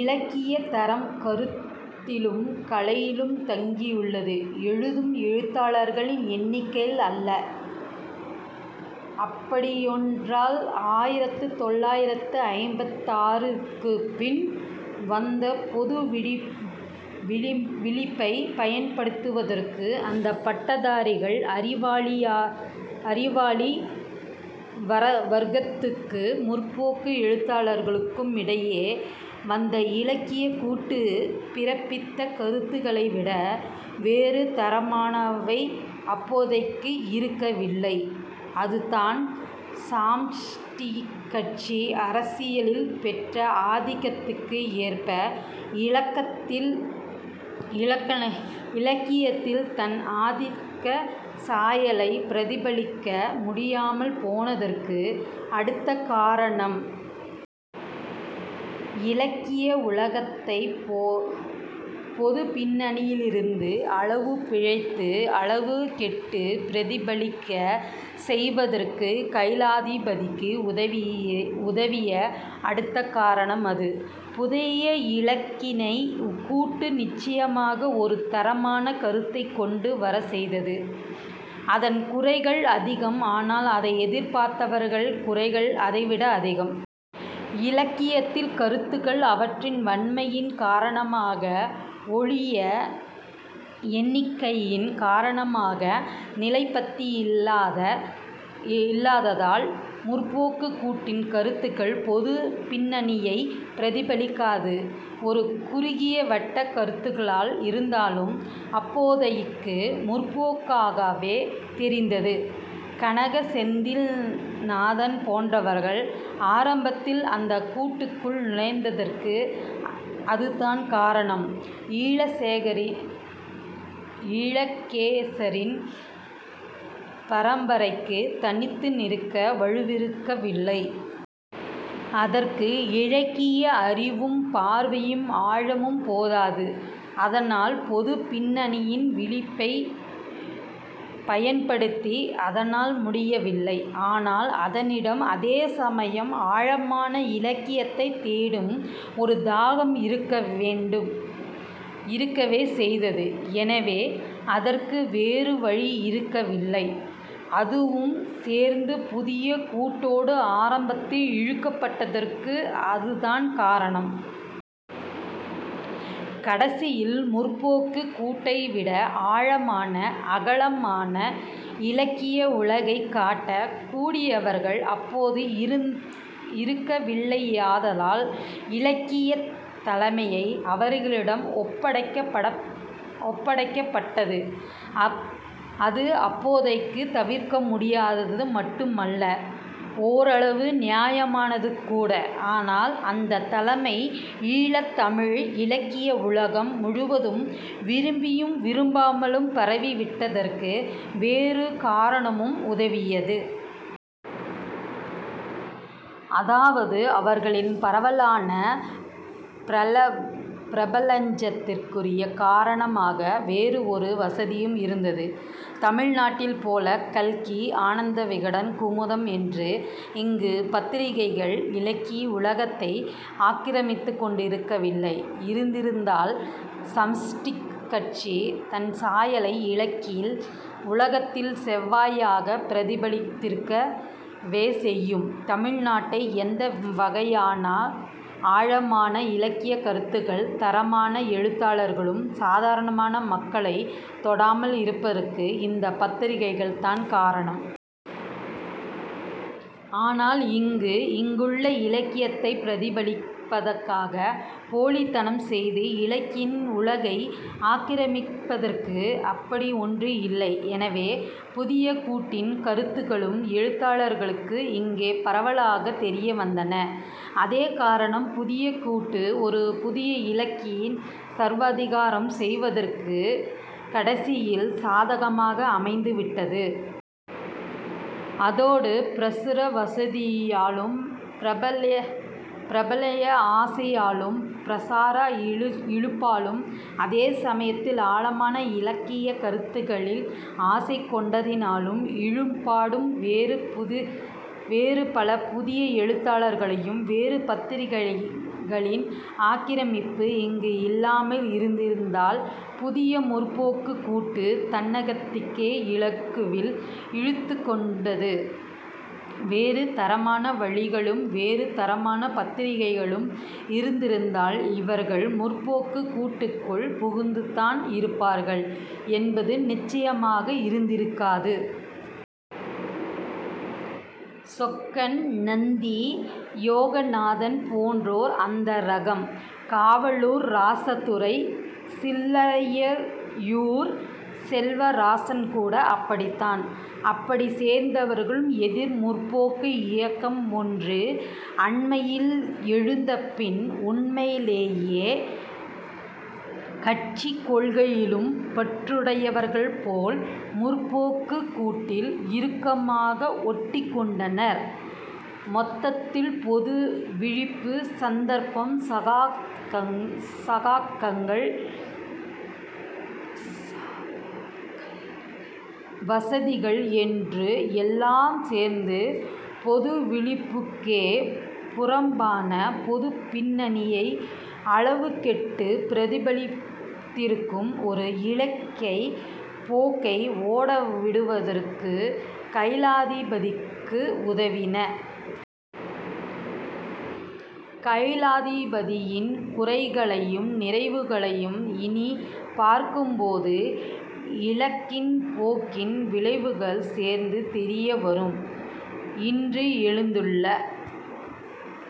இலக்கியத் தரம் கருத்திலும் கலையிலும் தங்கியுள்ளது. எழுதும் எழுத்தாளர்களின் எண்ணிக்கையிலல்ல. அப்படியென்றால் ஆயிரத்துத் தொள்ளாயிரத்து ஐம்பத்தாறுக்குப் பின் வந்த பொது விழிப்பைப் பயன்படுத்துவதற்கு இந்தப் பட்டதாரி அறிவாளி வர்க்கத்துக்கும் 'முற்போக்கு' எழுத்தாளர்களுக்குமிடையே வந்த இலக்கியக் கூட்டு பிறப்பித்த கருத்துகளைவிட வேறு தரமானவை அப்போதைக்கு இருக்கவில்லை. அதுதான் சமஷ்டிக் கட்சி அரசியலில் பெற்ற ஆதிக்கத்துக்கு ஏற்ப இலக்கியத்தில் தன் ஆதிக்கச் சாயலைப் பிரதிபலிக்க முடியாமல் போனதற்குரிய அடுத்த காரணம். இலக்கிய உலகத்தைப் பொதுப் பின்னணியிலிருந்து, அளவுபிழைத்து அளவு கெட்டுப் பிரதிபலிக்கச் செய்வதற்கு கைலாசபதிக்கு உதவிய அடுத்த காரணம் அது. புதிய இலக்கியக் கூட்டு நிச்சயமாக ஒரு தரமான கருத்தைக் கொண்டு வரவே செய்தது. அதன் குறைகள் அதிகம். ஆனால், அதை எதிர்த்தவர்களின் குறைகள் அதைவிட அதிகம். இலக்கியத்தில் கருத்துகள் அவற்றின் வன்மையின் காரணமாகவே ஒழிய எண்ணிக்கையின் காரணமாய் நிலைப்பதில்லையாதலால் 'முற்போக்கு'க் கூட்டின் கருத்துகள் பொதுப் பின்னணியைப் பிரதிபலிக்காத ஒரு குறுகிய வட்டக் கருத்துகளாய் இருந்தாலும் அப்போதைக்கு முற்போக்காகவே தெரிந்தன. கனக செந்திநாதன் போன்றவர்கள் ஆரம்பத்தில் அந்தக் கூட்டுக்குள் நுழைந்ததற்கு அதுதான் காரணம். ஈழகேசரி பரம்பரைக்குத் தனித்து நிற்க வலுவிருக்கவில்லை. அதற்கு இலக்கிய அறிவும் பார்வை ஆழமும் போதாது. அதனால் பொதுப் பின்னணியின் விழிப்பைப் பயன்படுத்த அதனால் முடியவில்லை. ஆனால் அதனிடம் அதேசமயம் ஆழமான இலக்கியத்தைத் தேடும் ஒரு தாகம் இருக்கவே செய்தது. எனவே அதற்கு வேறு வழி இருக்கவில்லை. அதுவும் சேர்ந்து புதிய கூட்டோடு ஆரம்பத்தில் இழுபட்டதற்கு அதுதான் காரணம். கடைசியில் 'முற்போக்கு'க் கூட்டைவிட ஆழமான, அகலமான இலக்கிய உலகைக் காட்டக் கூடியவர்கள் அப்போது இருக்கவில்லையாதலால் இலக்கியத் தலைமை அவர்களிடமே ஒப்படைக்கப்பட்டது. அது அப்போதைக்குத் தவிர்க்க முடியாதது மட்டுமல்ல, ஓரளவுக்கு நியாயமானதுங்கூட. ஆனால் அந்தத் தலைமை ஈழத் தமிழ் இலக்கிய உலகம் முழுவதும் விரும்பியோ விரும்பாமலோ பரவிவிட்டதற்கு வேறு ஒரு காரணமும் உதவியது. அதாவது, அவர்களின் பரவலான பிரபல்யத்திற்குரிய காரணமாக வேறு ஒரு வசதியும் இருந்தது. தமிழ்நாட்டில்போல் கல்கி, ஆனந்தவிகடன், குமுதம் என்று இங்கு பத்திரிகைகள் இலக்கிய உலகத்தை ஆக்கிரமித்துக்கொண்டு இருக்கவில்லை, இருந்திருந்தால் சமஷ்டிக் கட்சி தன் சாயலை இலக்கிய உலகத்திலும் செவ்வையாகப் பிரதிபலித்திருக்கவே செய்யும். தமிழ்நாட்டில் எந்தவகையான ஆழமான இலக்கியக் கருத்துகளும் தரமான எழுத்தாளர்களும் சாதாரண மக்களைத் தொடாமல் இருப்பதற்கு இந்தப் பத்திரிகைகள்தான் காரணம். ஆனால் இங்கு, இங்குள்ள இலக்கியத்தைப் பிரதிபலிப்பதாகப் போலித்தனம் செய்து இலக்கிய உலகை ஆக்கிரமிப்பதற்கு அப்படி ஒன்று இல்லை. எனவே, புதிய கூட்டின் கருத்துகளும் எழுத்தாளர்களும் இங்கே பரவலாகத் தெரிய வந்தனர். அதே காரணம் புதிய கூட்டு ஒரு புதிய இலக்கியச் சர்வாதிகாரம் செய்வதற்கும் கடைசியில் சாதகமாக அமைந்துவிட்டது. அதோடு பிரசுர வசதியாலும் பிரபல்ய ஆசையாலும் பிரச்சார இழுப்பாலும் அதே சமயத்தில் ஆழமான இலக்கியக் கருத்தில் ஆசை கொண்டதினாலும் இழுபடும் வேறு பல புதிய எழுத்தாளர்களையும், வேறு பத்திரிகைகளின் ஆக்கிரமிப்பு இங்கு இல்லாமல் இருந்ததினால், புதிய 'முற்போக்கு'க் கூட்டு தன்னகத்தே இலகுவில் இழுத்துக்கொண்டது. வேறு தரமான வழிகளும் வேறு தரமான பத்திரிகைகளும் இருந்திருந்தால் இவர்கள் 'முற்போக்கு'க் கூட்டுக்குள் புகுந்துதான் இருப்பார்கள் என்பது நிச்சயமாக இருந்திருக்காது. சொக்கன், நந்தி, யோகநாதன் போன்றோர் அந்த ரகம். காவலூர் ராசதுரை, சில்லையூர் செல்வராசன்கூட அப்படித்தான். அப்படிச் சேர்ந்தவர்களும் எதிர் 'முற்போக்கு' இயக்கம் ஒன்று அண்மையில் எழுந்தபின் உண்மையிலேயே கட்சிக் கொள்கையிலும் பற்றுடையவர்கள்போல் 'முற்போக்கு'க் கூட்டில் இறுக்கமாக ஒட்டிக்கொண்டனர். மொத்தத்தில் பொதுவிழிப்பு, சந்தர்ப்பம், சகாக்கள், வசதிகள் என்று எல்லாம் சேர்ந்து பொது விழிப்புக்கே புறம்பான, பொதுப் பின்னணியை அளவு கெட்டுப் பிரதிபலித்திருக்கும் ஒரு இலக்கியப் போக்கை ஓடவிடுவதற்குக் கைலாசபதிக்கு உதவின. கைலாசபதியின் குறைகளையும் நிறைவுகளையும் இனிப் பார்க்கும்போது அந்த இலக்கியப் போக்கின் விளைவுகளும் சேர்ந்து தெரியவரும். இன்று எழுந்துள்ள